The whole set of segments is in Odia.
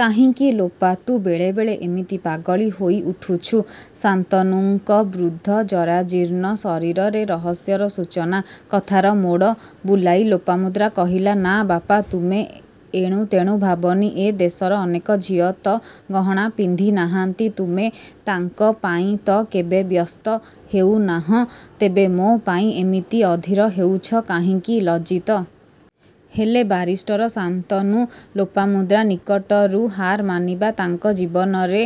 କାହିଁକି ଲୋପା, ତୁ ବେଳେ ବେଳେ ଏମିତି ପାଗଳି ହୋଇ ଉଠୁଛୁ?"ଶାନ୍ତନୁଙ୍କ ବୃଦ୍ଧ ଜରାଜୀର୍ଣ୍ଣ ଶରୀରରେ ରହସ୍ୟର ସୂଚନା। କଥାର ମୋଡ଼ ବୁଲାଇ ଲୋପାମୁଦ୍ରା କହିଲା, "ନାଁ ବାପା! ତୁମେ ଏଣୁ ତେଣୁ ଭାବନି। ଏ ଦେଶର ଅନେକ ଝିଅ ତ ଗହଣା ପିନ୍ଧି ନାହାନ୍ତି, ତୁମେ ତାଙ୍କ ପାଇଁ ତ କେବେ ବ୍ୟସ୍ତ ହେଉନାହଁ, ତେବେ ମୋ ପାଇଁ ଏମିତି ଅଧୀର ହେଉଛ କାହିଁକି?"ଲଜ୍ଜିତ ହେଲେ ବାରିଷ୍ଟର ଶାନ୍ତନୁ। ଲୋପାମୁଦ୍ରା ନିକଟରୁ ହାର ମାନିବା ତାଙ୍କ ଜୀବନରେ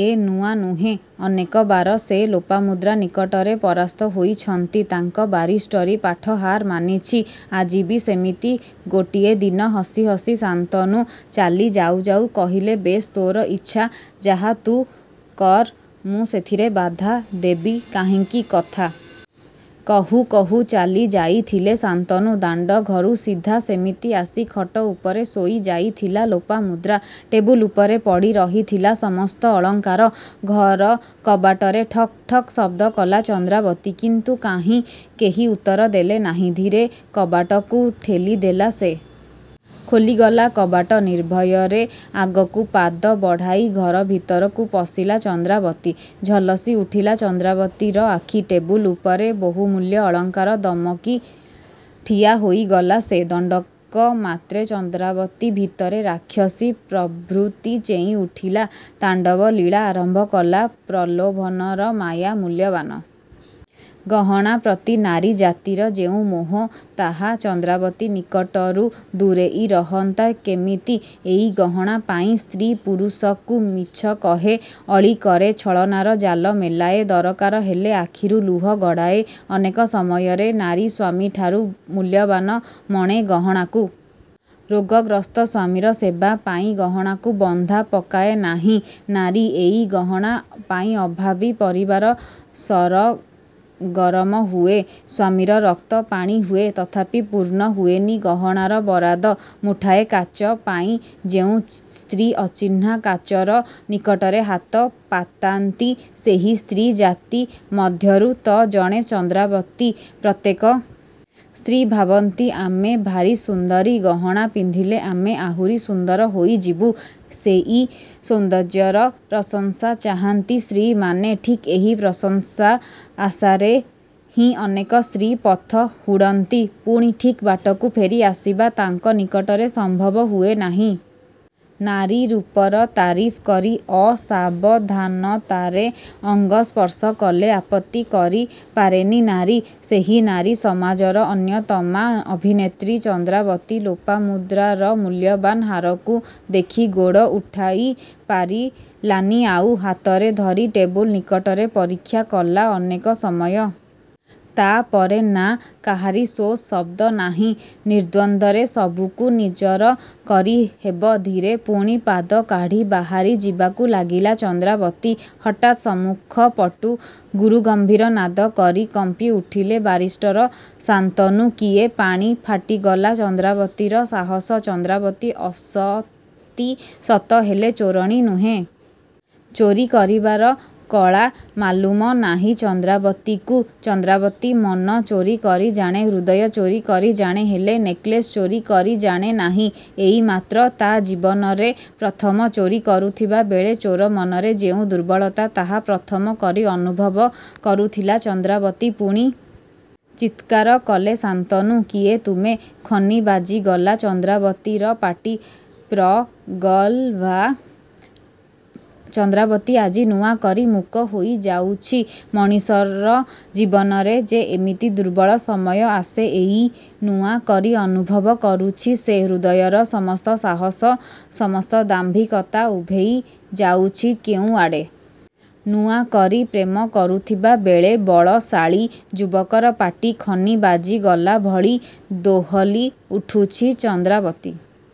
ଏ ନୂଆ ନୁହେଁ। ଅନେକବାର ସେ ଲୋପାମୁଦ୍ରା ନିକଟରେ ପରାସ୍ତ ହୋଇଛନ୍ତି, ତାଙ୍କ ବାରିଷ୍ଟରୀ ପାଠ ହାର ମାନିଛି। ଆଜି ବି ସେମିତି ଗୋଟିଏ ଦିନ। ହସି ହସି ଶାନ୍ତନୁ ଚାଲି ଯାଉ ଯାଉ କହିଲେ, "ବେଶ୍, ତୋର ଇଚ୍ଛା ଯାହା ତୁ କର ମୁଁ ସେଥିରେ ବାଧା ଦେବି କାହିଁକି?"କଥା କହୁ କହୁ ଚାଲି ଯାଇଥିଲେ ଶାନ୍ତନୁ। ଦାଣ୍ଡଘରୁ ସିଧା ସେମିତି ଆସି ଖଟ ଉପରେ ଶୋଇ ଯାଇଥିଲା ଲୋପାମୁଦ୍ରା। ଟେବୁଲ ଉପରେ ପଡ଼ି ରହିଥିଲା ସମସ୍ତ ଅଳଙ୍କାର। ଘର କବାଟରେ ଠକ୍ ଠକ୍ ଶବ୍ଦ କଲା ଚନ୍ଦ୍ରାବତୀ। କିନ୍ତୁ କାହିଁ, କେହି ଉତ୍ତର ଦେଲେ ନାହିଁ। ଧୀରେ କବାଟକୁ ଠେଲିଦେଲା ସେ। ଖୋଲିଗଲା କବାଟ। ନିର୍ଭୟରେ ଆଗକୁ ପାଦ ବଢ଼ାଇ ଘର ଭିତରକୁ ପଶିଲା ଚନ୍ଦ୍ରାବତୀ। ଝଲସି ଉଠିଲା ଚନ୍ଦ୍ରାବତୀର ଆଖି... ଟେବୁଲ ଉପରେ ବହୁମୂଲ୍ୟ ଅଳଙ୍କାର! ଦମକି ଠିଆ ହୋଇଗଲା ସେ। ଦଣ୍ଡକ ମାତ୍ରେ ଚନ୍ଦ୍ରାବତୀ ଭିତରେ ରାକ୍ଷସୀ ପ୍ରବୃତ୍ତି ଚେଇଁ ଉଠିଲା। ତାଣ୍ଡବଲୀଳା ଆରମ୍ଭ କଲା ପ୍ରଲୋଭନର ମାୟା। ମୂଲ୍ୟବାନ ଗହଣା ପ୍ରତି ନାରୀ ଜାତିର ଯେଉଁ ମୋହ, ତାହା ଚନ୍ଦ୍ରାବତୀ ନିକଟରୁ ଦୂରେଇ ରହନ୍ତା କେମିତି? ଏଇ ଗହଣା ପାଇଁ ସ୍ତ୍ରୀ, ପୁରୁଷକୁ ମିଛ କହେ ଅଳି କରେ ଛଳନାର ଜାଲ ମେଲାଏ, ଦରକାର ହେଲେ ଆଖିରୁ ଲୁହ ଗଡ଼ାଏ। ଅନେକ ସମୟରେ ନାରୀ ସ୍ୱାମୀଠାରୁ ମୂଲ୍ୟବାନ ମଣେ ଗହଣାକୁ। ରୋଗଗ୍ରସ୍ତ ସ୍ୱାମୀର ସେବା ପାଇଁ ଗହଣାକୁ ବନ୍ଧା ପକାଏ ନାହିଁ ନାରୀ। ଏଇ ଗହଣା ପାଇଁ ଅଭାବୀ ପରିବାର ସରଗରମ ହୁଏ। ସ୍ୱାମୀର ରକ୍ତ ପାଣି ହୁଏ, ତଥାପି ପୂର୍ଣ୍ଣ ହୁଏନି ଗହଣାର ବରାଦ। ମୁଠାଏ କାଚ ପାଇଁ ଯେଉଁ ସ୍ତ୍ରୀ ଅଚିହ୍ନା କାଚର ନିକଟରେ ହାତ ପାତାନ୍ତି, ସେହି ସ୍ତ୍ରୀ ଜାତି ମଧ୍ୟରୁ ତ ଜଣେ ଚନ୍ଦ୍ରାବତୀ। ପ୍ରତ୍ୟେକ ସ୍ତ୍ରୀ ଭାବନ୍ତି, "ଆମେ ଭାରି ସୁନ୍ଦରୀ, ଗହଣା ପିନ୍ଧିଲେ ଆମେ ଆହୁରି ସୁନ୍ଦର ହୋଇଯିବୁ।" ସେଇ ସୌନ୍ଦର୍ଯ୍ୟର ପ୍ରଶଂସା ଚାହାନ୍ତି ସ୍ତ୍ରୀମାନେ। ଠିକ୍ ଏହି ପ୍ରଶଂସା ଆଶାରେ ହିଁ ଅନେକ ସ୍ତ୍ରୀ ପଥ ହୁଡ଼ନ୍ତି। ପୁଣି ଠିକ୍ ବାଟକୁ ଫେରି ଆସିବା ତାଙ୍କ ନିକଟରେ ସମ୍ଭବ ହୁଏନାହିଁ। ନାରୀ ରୂପର ତାରିଫ୍ କରି ଅସାବଧାନତାରେ ଅଙ୍ଗ ସ୍ପର୍ଶ କଲେ ଆପତ୍ତି କରି ପାରେନି ନାରୀ। ସେହି ନାରୀ ସମାଜର ଅନ୍ୟତମା ଅଭିନେତ୍ରୀ ଚନ୍ଦ୍ରାବତୀ। ଲୋପାମୁଦ୍ରାର ମୂଲ୍ୟବାନ୍ ହାରକୁ ଦେଖି ଗୋଡ଼ ଉଠାଇ ପାରିଲାନି ଆଉ। ହାତରେ ଧରି ଟେବୁଲ୍ ନିକଟରେ ପରୀକ୍ଷା କଲା ଅନେକ ସମୟ। ତା'ପରେ... ନା, କାହାରି ସୋ-ଶବ୍ଦ ନାହିଁ, ନିର୍ଦ୍ଦନ୍ଦ୍ୱରେ ସବୁକୁ ନିଜର କରି ହେବ। ଧୀରେ ପୁଣି ପାଦ କାଢ଼ି ବାହାରି ଯିବାକୁ ଲାଗିଲା ଚନ୍ଦ୍ରାବତୀ। ହଠାତ୍ ସମ୍ମୁଖପଟୁ ଗୁରୁଗମ୍ଭୀର ନାଦ କରି କମ୍ପିଉଠିଲେ ବାରିଷ୍ଟର ଶାନ୍ତନୁ, କିଏ? ପାଣି ଫାଟିଗଲା ଚନ୍ଦ୍ରାବତୀର ସାହସ। ଚନ୍ଦ୍ରାବତୀ ଅସତୀ ସତ, ହେଲେ ଚୋରଣୀ ନୁହେଁ। ଚୋରି କରିବାର କଳା ମାଲୁମ ନାହିଁ ଚନ୍ଦ୍ରାବତୀକୁ। ଚନ୍ଦ୍ରାବତୀ ମନ ଚୋରି କରି ଜାଣେ, ହୃଦୟ ଚୋରି କରି ଜାଣେ, ହେଲେ ନେକ୍ଲେସ୍ ଚୋରି କରି ଜାଣେ ନାହିଁ। ଏଇ ମାତ୍ର ତା' ଜୀବନରେ ପ୍ରଥମ। ଚୋରି କରୁଥିବା ବେଳେ ଚୋର ମନରେ ଯେଉଁ ଦୁର୍ବଳତା, ତାହା ପ୍ରଥମ କରି ଅନୁଭବ କରୁଥିଲା ଚନ୍ଦ୍ରାବତୀ। ପୁଣି ଚିତ୍କାର କଲେ ଶାନ୍ତନୁ, "କିଏ ତୁମେ?"ଖନି ବାଜିଗଲା ଚନ୍ଦ୍ରାବତୀର ପାଟି। ପ୍ରଗଳ୍ଭା ଚନ୍ଦ୍ରାବତୀ ଆଜି ନୂଆକରି ମୂକ ହୋଇଯାଉଛି। ମଣିଷର ଜୀବନରେ ଯେ ଏମିତି ଦୁର୍ବଳ ସମୟ ଆସେ, ଏଇ ନୂଆକରି ଅନୁଭବ କରୁଛି ସେ। ହୃଦୟର ସମସ୍ତ ସାହସ, ସମସ୍ତ ଦାମ୍ଭିକତା ଉଭେଇ ଯାଉଛି କେଉଁଆଡ଼େ। ନୂଆ କରି ପ୍ରେମ କରୁଥିବା ବେଳେ ବଳଶାଳୀ ଯୁବକର ପାଟି ଖନି ବାଜିଗଲା ଭଳି, ଦୋହଲି ଉଠୁଛି ଚନ୍ଦ୍ରାବତୀ।